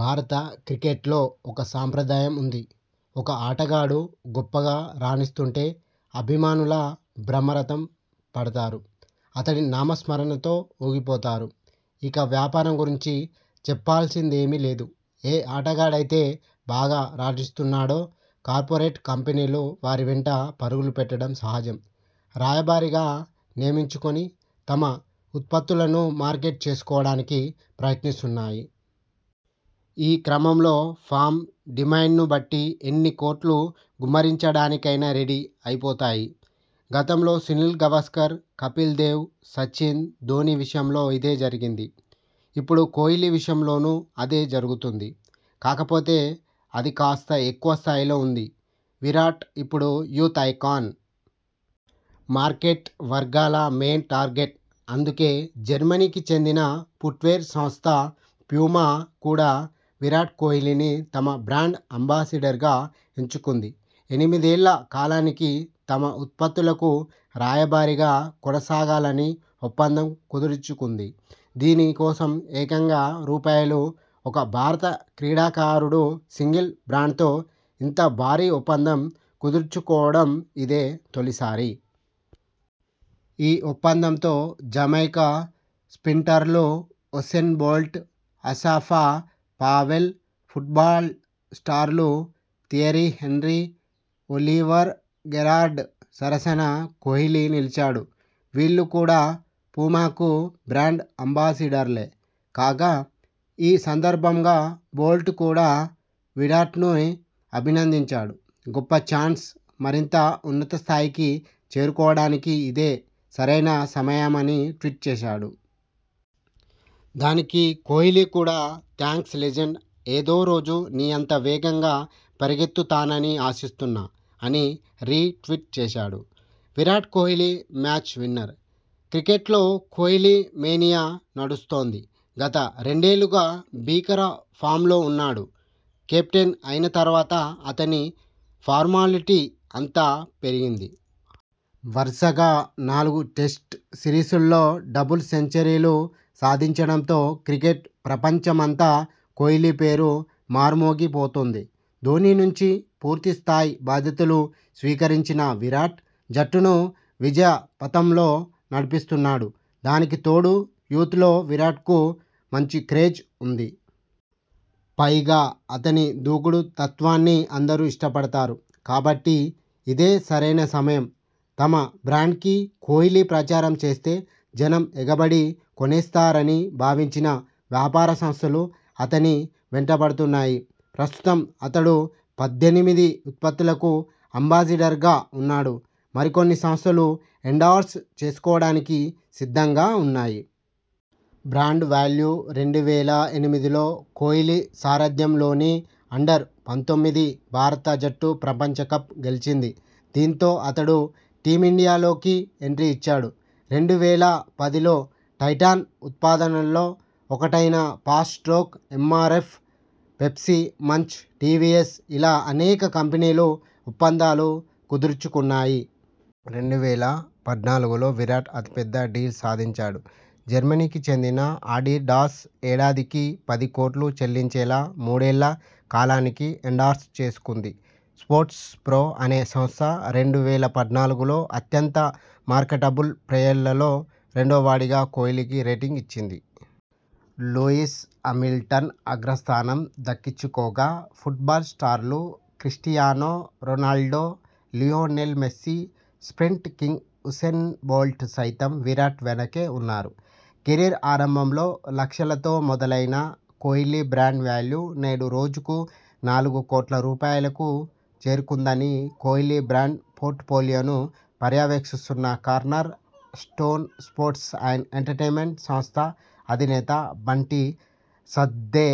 భారత క్రికెట్లో ఒక సంప్రదాయం ఉంది. ఒక ఆటగాడు గొప్పగా రాణిస్తుంటే అభిమానుల బ్రహ్మరథం పడతారు. అతడి నామస్మరణతో ఊగిపోతారు. ఇక వ్యాపారం గురించి చెప్పాల్సిందేమీ లేదు. ఏ ఆటగాడైతే బాగా రాణిస్తున్నాడో.. కార్పొరేట్ కంపెనీలు వారివెంట పరుగులు పెట్టడం సహజం. రాయబారిగా నియమించుకుని తమ ఉత్పత్తుల ను మార్కెట్ చేసుకోవడానికి ప్రయత్నిస్తాయి. ఈ క్రమంలో ఫామ్, డిమాండ్ను బట్టి ఎన్ని కోట్లు గుమ్మరించడానికైనా రెడీ అయిపోతాయి. గతంలో సునీల్ గవాస్కర్, కపిల్ దేవ్, సచిన్, ధోనీ విషయంలో ఇదే జరిగింది. ఇప్పుడు కోహ్లీ విషయంలోనూ అదే జరుగుతోంది! కాకపోతే అది కాస్త ఎక్కువ స్థాయిలో ఉంది. విరాట్ ఇప్పుడు యూత ఐకాన్..! మార్కెట్ వర్గాల మెయిన్ టార్గెట్..! అందుకే జర్మనీకి చెందిన ఫుట్వేర్ సంస్థ 'ప్యూమా' కూడా విరాట్ కోహ్లీని తమ బ్రాండ్ అంబాసిడర్గా ఎంచుకుంది. ఎనిమిదేళ్ల కాలానికి తమ ఉత్పత్తులకు రాయబారిగా కొనసాగాలని ఒప్పందం కుదుర్చుకుంది. దీని కోసం ఏకంగా రూపాయలు. ఒక భారత క్రీడాకారుడు సింగిల్ బ్రాండ్తో ఇంత భారీ ఒప్పందం కుదుర్చుకోవటం ఇదే తొలిసారి. ఈ ఒప్పందంతో జమైకా స్ర్పింటర్లు Usain Bolt, Asafa Powell, football స్టార్లు థియరీ హెన్రీ, ఒలీవర్ గెరార్డ్ సరసన కోహ్లీ నిలిచాడు. వీళ్లు కూడా ప్యూమాకు బ్రాండ్ అంబాసిడర్లే. కాగా.. ఈ సందర్భంగా బోల్ట్ కూడా విరాట్ను అభినందించాడు. 'గొప్ప చాన్స్. మరింత ఉన్నత స్థాయికి చేరుకోవడానికి ఇదే సరైన సమయమ'ని ట్వీట్ చేశాడు. దానికి కోహ్లీ కూడా 'థాంక్స్ లెజెండ్. ఏదో రోజు నీ అంత వేగంగా పరుగెత్తు తానని ఆశిస్తున్నా' అని రీ ట్వీట్ చేశాడు. Virat Kohli match winner. క్రికెట్లో కోహ్లీ మేనియా నడుస్తోంది. గత రెండేళ్లుగా భీకర ఫామ్లో ఉన్నాడు. కెప్టెన్ అయిన తర్వాత అతని పాపులారిటీ అమాంతం పెరిగింది. వరుసగా నాలుగు టెస్టు సిరీస్ ల్లో డబుల్ సెంచరీలు సాధించడంతో క్రికెట్ ప్రపంచమంతా కోహ్లీ పేరు మార్మోగి పోతోంది. ధోనీ నుంచి పూర్తి స్థాయి బాధ్యతలు స్వీకరించిన విరాట్ జట్టును విజయ పథంలో నడిపిస్తున్నాడు. దానికి తోడు యూత్ లో విరాట్కు మంచి క్రేజ్ ఉంది. పైగా అతని దూకుడు తత్వాన్ని అందరూ ఇష్ట పడతారు. కాబట్టి ఇదే సరైన సమయం. తమ బ్రాండ్కి కోహ్లీ ప్రచారం చేస్తే జనం ఎగబడి కొనేస్తారని భావించిన వ్యాపార సంస్థలు అతని వెంటపడుతున్నాయి. ప్రస్తుతం అతడు పద్దెనిమిది ఉత్పత్తులకు అంబాసిడర్గా ఉన్నాడు. మరికొన్ని సంస్థలు ఎండార్స్ చేసుకోవడానికి సిద్ధంగా ఉన్నాయి. Brand value. రెండు వేల ఎనిమిదిలో కోహ్లీ సారథ్యంలోని అండర్-పంతొమ్మిది భారత జట్టు ప్రపంచకప్ గెలిచింది. దీంతో అతడు టీమిండియాలోకి ఎంట్రీ ఇచ్చాడు. రెండు వేల పదిలో టైటాన్ ఉత్పాదనల్లో ఒకటైన ఫాస్ట్ స్ట్రోక్తో ఎంఆర్ఎఫ్, పెప్సీ, మంచ్, టీవీఎస్ ఇలా అనేక కంపెనీలు ఒప్పందాలు కుదుర్చుకున్నాయి. రెండు వేల పద్నాలుగులో విరాట్ అతిపెద్ద డీల్ సాధించాడు. జర్మనీకి చెందిన ఆడిడాస్ ఏడాదికి పది కోట్లు చెల్లించేలా మూడేళ్ల కాలానికి ఎండార్స్ చేసుకుంది. స్పోర్ట్స్ ప్రొ అనే సంస్థ రెండు వేల పద్నాలుగులో అత్యంత మార్కెటబుల్ ప్లేయర్లలో రెండో వాడిగా కోహ్లీకి రేటింగ్ ఇచ్చింది. లూయిస్ హామిల్టన్ అగ్రస్థానం దక్కించుకోగా.. ఫుట్బాల్ స్టార్లు Cristiano Ronaldo, Lionel Messi, sprint king Usain Bolt సైతం విరాట్ వెనకే ఉన్నారు. కెరీర్ ఆరంభంలో లక్షలతో మొదలైన కోహ్లీ బ్రాండ్ వాల్యూ నేడు రోజుకు నాలుగు కోట్ల రూపాయలకు చేరుకుందని కోహ్లీ బ్రాండ్ పోర్ట్ పోలియోను పర్యవేక్షిస్తున్న corner stone sports and entertainment సంస్థ అధినేత బంటీ సజ్దే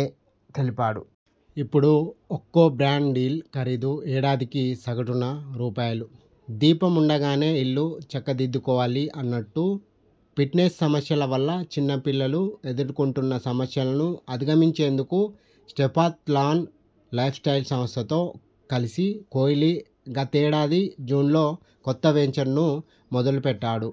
తెలిపాడు. ఇప్పుడు ఒక్కో బ్రాండ్ డీల్ ఖరీదు ఏడాదికి సగటున రూపాయలు. దీపం ఉండగానే ఇల్లు చక్క దిద్దుకోవాలి అన్నట్టూ.. ఫిట్నెస్ సమస్యల వల్ల చిన్న పిల్లలు ఎదుర్కొంటున్న సమస్యలను అధిగమించేందుకు స్టెపాథ్లాన్ లైఫ్ స్టైల్ సంస్థతో కలిసి కోహ్లీ గతేడాది జూన్లో కొత్త వెంచర్ను మొదలుపెట్టాడు.